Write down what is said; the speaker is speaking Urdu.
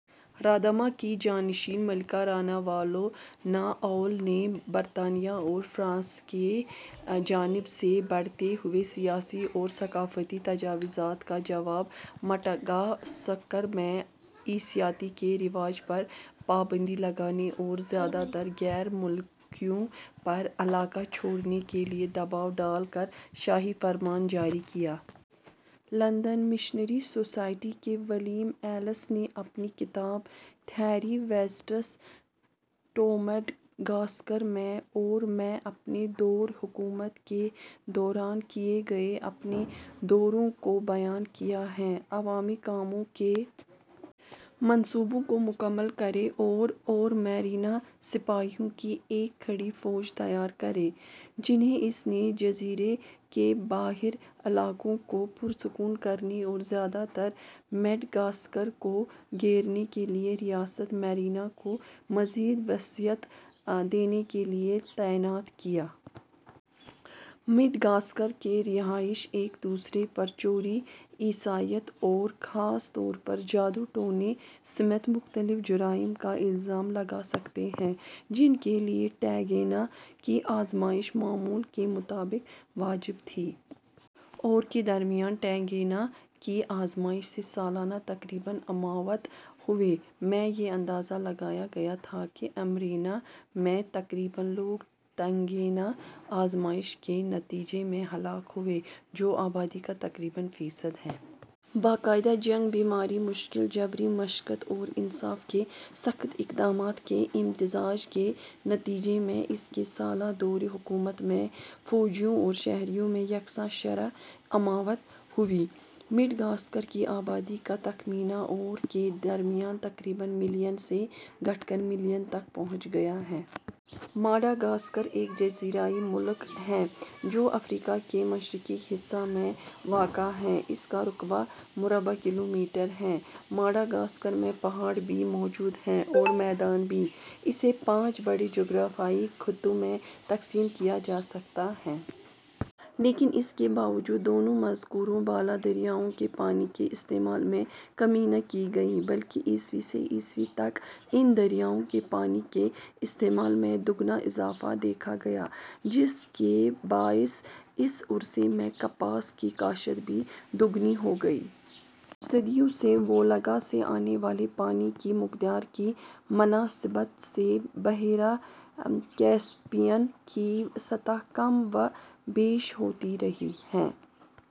راداما کی جانشین، ملکہ راناوالونا اول نے برطانیہ اور فرانس کی جانب سے بڑھتے ہوئے سیاسی اور ثقافتی تجاوزات کا جواب مڈغاسکر میں عیسائیت کے رواج پر پابندی لگانے اور زیادہ تر غیر ملکیوں پر علاقہ چھوڑنے کے لیے دباؤ ڈال کر شاہی فرمان جاری کیا۔ لندن مشنری سوسائٹی کے ولیم ایلس نے اپنی کتاب تھری وزٹس ٹو مڈغاسکر میں ، اور میں اپنے دور حکومت کے دوران کیے گئے اپنے دوروں کو بیان کیا ہے۔ عوامی کاموں کے منصوبوں کو مکمل کریں اور اور مرینا سپاہیوں کی ایک کھڑی فوج تیار کریں، جنھیں اس نے جزیرے کے باہری علاقوں کو پرسکون کرنے اور زیادہ تر مڈغاسکر کو گھیرنے کے لیے ریاست مرینا کو مزید وسعت دینے کے لیے تعینات کیا۔ مڈغاسکر کے رہائشی ایک دوسرے پر چوری، عیسائیت اور خاص طور پر جادو ٹونے سمیت مختلف جرائم کا الزام لگا سکتے ہیں، جن کے لیے ٹینگینا کی آزمائش معمول کے مطابق واجب تھی۔ اور کے درمیان، ٹینگینا کی آزمائش سے سالانہ تقریباً اموات ہوئیں۔ میں، یہ اندازہ لگایا گیا تھا کہ امیرینا میں تقریباً لوگ تنگینا آزمائش کے نتیجے میں ہلاک ہوئے، جو آبادی کا تقریباً فیصد ہے۔ باقاعدہ جنگ، بیماری، مشکل جبری مشقت اور انصاف کے سخت اقدامات کے امتزاج کے نتیجے میں اس کے سالہ دور حکومت میں فوجیوں اور شہریوں میں یکساں شرح اموات ہوئی۔ مڈغاسکر کی آبادی کا تخمینہ اور کے درمیان تقریباً ملین سے گھٹ کر ملین تک پہنچ گیا ہے۔ ماڈاگاسکار ایک جزیرہ ملک ہے، جو افریقا کے مشرقی حصہ میں واقع ہےـ اس کا رقبہ ، مربع کلومیٹر ہےـ ماڈاگاسکار میں پہاڑ بھی موجود ہیں اور میدان بھی، اسے پانچ بڑے جغرافیائی خطوں میں تقسیم کیا جا سکتا ہے:۔ لیکن اس کے باوجود دونوں مذکورہ بالا دریاؤں کے پانی کے استعمال میں کمی نہ کی گئی بلکہ ء سے ء تک ان دریاؤں کے پانی کے استعمال میں دگنا اضافہ دیکھا گیا جس کے باعث اس عرصے میں کپاس کی کاشت بھی دوگنی ہو گئی۔ صدیوں سے وولگا سے آنے والے پانی کی مقدار کی مناسبت سے بحیرہ کیسپیئن کی سطح کم و بیش ہوتی رہی ہے۔